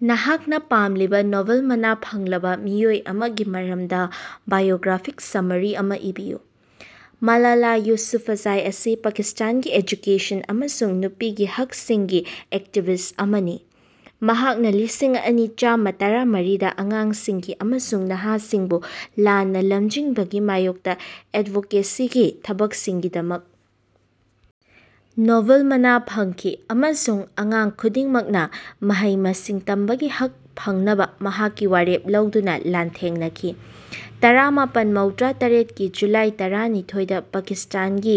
ꯅꯍꯥꯛꯅꯥ ꯄꯥꯝꯂꯤꯕꯥ ꯅꯣꯕꯦꯜ ꯃꯅꯥ ꯐꯪꯂꯕꯥ ꯃꯤꯑꯣꯏ ꯑꯃꯒꯤ ꯃꯔꯝꯗꯥ ꯕꯥꯏꯑꯣꯒ꯭ꯔꯥꯐꯤꯛ ꯁꯝꯃꯥꯔꯤ ꯑꯃꯥ ꯏꯕꯤꯌꯨ꯫ ꯃꯥꯂꯥꯂꯥ ꯌꯨꯁꯨꯐꯖꯥꯏ ꯑꯁꯤ ꯄꯥꯀꯤꯁꯇꯥꯟꯒꯤ ꯑꯦꯖꯨꯀꯦꯁꯟ ꯑꯃꯁꯨꯡ ꯅꯨꯄꯤꯒꯤ ꯍꯛꯁꯤꯡꯒꯤ ꯑꯦꯛꯇꯤꯕꯤꯁ ꯑꯃꯅꯤ, ꯃꯍꯥꯛꯅꯥ ꯂꯤꯁꯤꯡꯑꯅꯤ ꯆꯥꯝꯇꯔꯥꯃꯔꯤꯗꯥ ꯑꯉꯥꯡꯁꯤꯡ ꯑꯃꯁꯨꯡ ꯅꯍꯥꯁꯤꯡꯕꯨ ꯂꯥꯟꯅꯥ ꯂꯝꯖꯤꯡꯕꯒꯤ ꯃꯥꯌꯣꯛꯇꯥ ꯑꯦꯗꯚꯣꯀꯦꯁꯤꯒꯤ ꯊꯕꯛꯁꯤꯡꯒꯤꯗꯃꯛ ꯅꯣꯕꯦꯜ ꯃꯅꯥ ꯐꯪꯈꯤ, ꯑꯃꯁꯨꯡ ꯑꯉꯥꯡ ꯈꯨꯗꯤꯡꯃꯛꯅꯥ ꯃꯍꯩ-ꯃꯁꯤꯡ ꯇꯝꯕꯒꯤ ꯍꯛ ꯐꯪꯅꯕꯥ ꯃꯍꯥꯛꯀꯤ ꯋꯥꯔꯦꯞ ꯂꯧꯗꯨꯅꯥ ꯂꯥꯟꯊꯦꯡꯅꯈꯤ꯫ ꯇꯔꯥꯃꯥꯄꯟ ꯃꯧꯗ꯭ꯔꯥꯇꯔꯦꯠꯀꯤ ꯖꯨꯂꯥꯏ ꯇꯔꯥꯅꯤꯊꯣꯏꯗꯥ ꯄꯥꯀꯤꯁꯇꯥꯟꯒꯤ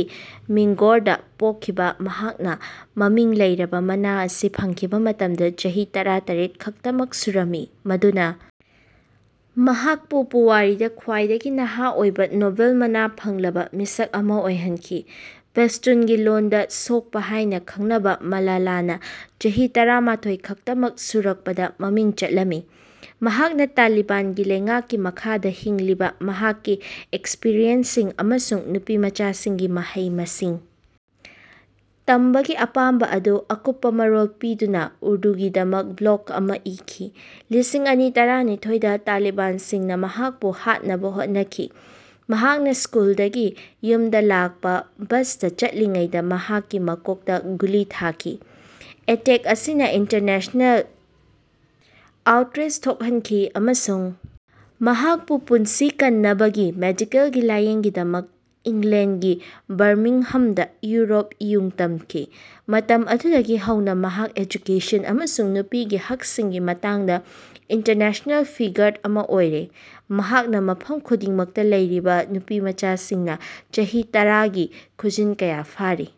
ꯃꯤꯡꯒꯣꯔꯥꯗꯥ ꯄꯣꯛꯈꯤꯕꯤ ꯃꯍꯥꯛꯅꯥ ꯃꯃꯤꯡ ꯂꯩꯔꯕꯥ ꯃꯅꯥ ꯑꯁꯤ ꯐꯪꯈꯤꯕꯥ ꯃꯇꯝꯗꯥ ꯆꯍꯤ ꯇꯔꯥꯇꯔꯦꯠ ꯈꯛꯇꯃꯛ ꯁꯨꯔꯝꯃꯤ, ꯃꯗꯨꯅꯥ ꯃꯍꯥꯛꯄꯨ ꯄꯨꯋꯥꯔꯤꯗꯥ ꯈ꯭ꯋꯥꯏꯗꯒꯤ ꯅꯍꯥ ꯑꯣꯏꯕꯥ ꯅꯣꯕꯦꯜ ꯃꯅꯥ ꯐꯪꯂꯕꯥ ꯃꯤꯁꯛ ꯑꯃꯥ ꯑꯣꯏꯍꯟꯈꯤ꯫ ꯄꯁ꯭ꯇꯨꯟꯒꯤ ꯂꯣꯟꯗꯥ ꯁꯣꯛꯄꯥ ꯍꯥꯏꯅꯥ ꯈꯪꯅꯕꯥ ꯃꯥꯂꯥꯂꯥꯅꯥ ꯆꯍꯤ ꯇꯔꯥꯃꯥꯊꯣꯏ ꯈꯛꯇꯃꯛ ꯁꯨꯔꯛꯄꯗꯥ ꯃꯃꯤꯡ ꯆꯠꯂꯝꯃꯤ, ꯃꯍꯥꯛꯅꯥ ꯇꯥꯂꯤꯕꯥꯟꯒꯤ ꯂꯩꯉꯥꯛꯀꯤ ꯃꯈꯥꯗꯥ ꯍꯤꯡꯂꯤꯕꯥ ꯃꯍꯥꯛꯀꯤ ꯑꯦꯛꯁꯄꯔꯤꯌꯦꯟꯁꯁꯤꯡ ꯑꯃꯁꯨꯡ ꯅꯨꯄꯤꯃꯆꯥꯁꯤꯡꯒꯤ ꯃꯍꯩ-ꯃꯁꯤꯡ ꯇꯝꯕꯒꯤ ꯑꯄꯥꯝꯕꯥ ꯑꯗꯨ ꯑꯀꯨꯞꯄꯥ ꯃꯔꯣꯜ ꯄꯤꯗꯨꯅꯥ ꯎꯔꯗꯨꯒꯤꯗꯃꯛ ꯕ꯭ꯂꯣꯒ ꯑꯃꯥ ꯏꯈꯤ꯫ ꯂꯤꯁꯤꯡ ꯑꯅꯤ ꯇꯔꯥꯅꯤꯊꯣꯏꯗꯥ ꯇꯥꯂꯤꯕꯥꯟꯁꯤꯡꯅꯥ ꯃꯍꯥꯛꯄꯨ ꯍꯥꯠꯅꯕꯥ ꯍꯣꯠꯅꯈꯤ, ꯃꯍꯥꯛꯅꯥ ꯁ꯭ꯀꯨꯜꯗꯒꯤ ꯌꯨꯝꯗꯥ ꯂꯥꯛꯄꯥ ꯕꯁꯇꯥ ꯆꯠꯂꯤꯉꯩꯗꯥ ꯃꯍꯥꯛꯀꯤ ꯃꯀꯣꯛꯇꯥ ꯒꯨꯂꯤ ꯊꯥꯈꯤ꯫ ꯑꯦꯇꯦꯛꯇ ꯑꯁꯤꯅꯥ ꯏꯟꯇꯔꯅꯦꯁꯅꯦꯜ ꯑꯥꯎꯠꯔꯦꯖ ꯊꯣꯛꯍꯟꯈꯤ ꯑꯃꯁꯨꯡ ꯃꯍꯥꯛꯄꯨ ꯄꯨꯟꯁꯤ ꯀꯟꯅꯕꯒꯤ ꯃꯦꯗꯤꯀꯦꯜꯒꯤ ꯂꯥꯌꯦꯡꯒꯤꯗꯃꯛ ꯏꯪꯂꯦꯟꯗꯒꯤ ꯕꯔꯃꯤꯡꯍꯥꯝꯗꯥ ꯎꯔꯦꯞ ꯎꯌꯨꯡ ꯇꯝꯈꯤ꯫ ꯃꯇꯝ ꯑꯗꯨꯗꯒꯤ ꯍꯧꯅꯥ ꯃꯍꯥꯛ ꯑꯦꯖꯨꯀꯦꯁꯟ ꯑꯃꯁꯨꯡ ꯅꯨꯄꯤꯒꯤ ꯍꯛꯁꯤꯡꯒꯤ ꯃꯇꯥꯡꯗꯥ ꯏꯟꯇꯔꯅꯦꯁꯅꯦꯜ ꯐꯤꯒꯔꯍꯦꯗ ꯑꯃꯥ ꯑꯣꯏꯔꯦ꯫ ꯃꯍꯥꯛꯅꯥ ꯃꯐꯝ ꯈꯨꯗꯤꯡꯃꯛꯇꯥ ꯂꯩꯔꯤꯕꯥ ꯅꯨꯄꯤꯃꯆꯥꯁꯤꯡꯅꯥ ꯆꯍꯤ ꯇꯔꯥꯒꯤ ꯈꯨꯖꯤꯡ ꯀꯌꯥ ꯐ꯭ꯔꯤ,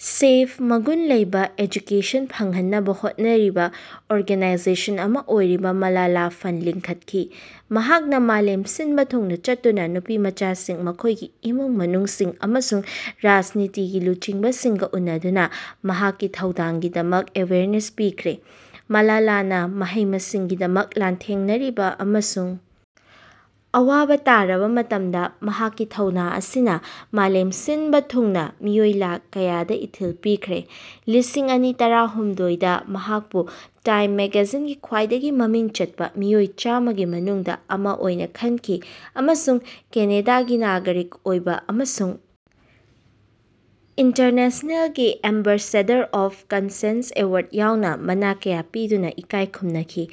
ꯁꯦꯐ, ꯃꯒꯨꯟ ꯂꯩꯕꯥ ꯑꯦꯖꯨꯀꯦꯁꯟ ꯐꯪꯍꯟꯅꯕꯥ ꯍꯣꯠꯅꯔꯤꯕꯥ ꯑꯣꯔꯒꯅꯥꯏꯖꯦꯁꯟ ꯑꯃꯥ ꯑꯣꯏꯔꯤꯕꯥ ꯃꯥꯂꯥꯂꯥ ꯐꯟꯗ ꯂꯤꯡꯈꯠꯈꯤ꯫ ꯃꯍꯥꯛꯅꯥ ꯃꯥꯂꯦꯝ ꯁꯤꯟꯕꯥ ꯊꯨꯡꯅꯥ ꯆꯠꯇꯨꯅꯥ ꯅꯨꯄꯤꯃꯆꯥꯁꯤꯡ, ꯃꯈꯣꯏꯒꯤ ꯏꯃꯨꯡ ꯃꯅꯨꯡꯁꯤꯡ, ꯑꯃꯁꯨꯡ ꯔꯥꯖꯅꯤꯇꯤꯒꯤ ꯂꯨꯆꯤꯡꯕꯁꯤꯡꯒꯥ ꯎꯅꯗꯨꯅꯥ ꯃꯍꯥꯛꯀꯤ ꯊꯧꯗꯥꯡꯒꯤꯗꯃꯛ ꯑꯦꯋꯦꯌꯔꯅꯦꯁ ꯄꯤꯈ꯭ꯔꯦ꯫ ꯃꯥꯂꯥꯂꯥꯅꯥ ꯃꯍꯩ-ꯃꯁꯤꯡꯒꯤꯗꯃꯛ ꯂꯥꯟꯊꯦꯡꯅꯔꯤꯕꯥ ꯑꯃꯁꯨꯡ ꯑꯋꯥꯕꯥ ꯇꯥꯔꯕꯥ ꯃꯇꯝꯗꯥ ꯃꯍꯥꯛꯀꯤ ꯊꯧꯅꯥ ꯑꯁꯤꯅꯥ ꯃꯥꯂꯦꯝ ꯁꯤꯟꯕꯥ ꯊꯨꯡꯅꯥ ꯃꯤꯑꯣꯏ ꯂꯥꯈ ꯀꯌꯥꯗꯥ ꯏꯊꯤꯜ ꯄꯤꯈ꯭ꯔꯦ꯫ ꯂꯤꯁꯤꯡꯑꯅꯤ ꯇꯔꯥꯍꯨꯝꯗꯣꯏꯗ ꯃꯍꯥꯛꯄꯨ ꯇꯥꯏꯝ ꯃꯦꯒꯥꯖꯤꯟꯒꯤ ꯈ꯭ꯋꯥꯏꯗꯒꯤ ꯃꯃꯤꯡ ꯆꯠꯄꯥ ꯃꯤꯑꯣꯏ ꯆꯥꯝꯃꯥꯒꯤ ꯃꯅꯨꯡꯗꯥ ꯑꯃꯥ ꯑꯣꯏꯅꯥ ꯈꯟꯈꯤ ꯑꯃꯁꯨꯡ ꯀꯦꯅꯥꯗꯥꯒꯤ ꯅꯥꯒꯔꯤꯛ ꯑꯣꯏꯕꯥ ꯑꯃꯁꯨꯡ ꯏꯟꯇꯔꯅꯦꯁꯅꯦꯜꯒꯤ ꯑꯦꯝꯕꯦꯁꯦꯗꯔ ꯑꯣꯐ ꯀꯟꯁꯦꯟꯁ ꯑꯦꯋꯥꯔꯗ ꯌꯥꯎꯅꯥ ꯃꯅꯥ ꯀꯌꯥ ꯄꯤꯗꯨꯅꯥ ꯏꯀꯥꯏ ꯈꯨꯝꯅꯈꯤ꯫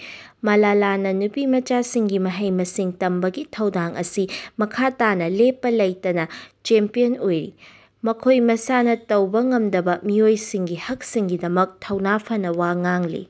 ꯃꯥꯂꯥꯂꯥꯅꯥ ꯅꯨꯄꯤꯃꯆꯥꯁꯤꯡꯒꯤ ꯃꯍꯩ-ꯃꯁꯤꯡ ꯇꯝꯕꯒꯤ ꯊꯧꯗꯥꯡ ꯑꯁꯤ ꯃꯈꯥ ꯇꯥꯅꯥ ꯂꯦꯞꯄꯥ ꯂꯩꯇꯅꯥ ꯆꯦꯝꯄꯤꯌꯟ ꯑꯣꯏꯔꯤ, ꯃꯈꯣꯏ ꯃꯁꯥꯅꯥ ꯇꯧꯕꯥ ꯉꯝꯗꯕꯥ ꯃꯤꯑꯣꯏꯁꯤꯡꯒꯤ ꯍꯛꯁꯤꯡꯒꯤꯗꯃꯛ ꯊꯧꯅꯥ ꯐꯅꯥ ꯋꯥ ꯉꯥꯡꯂꯤ꯫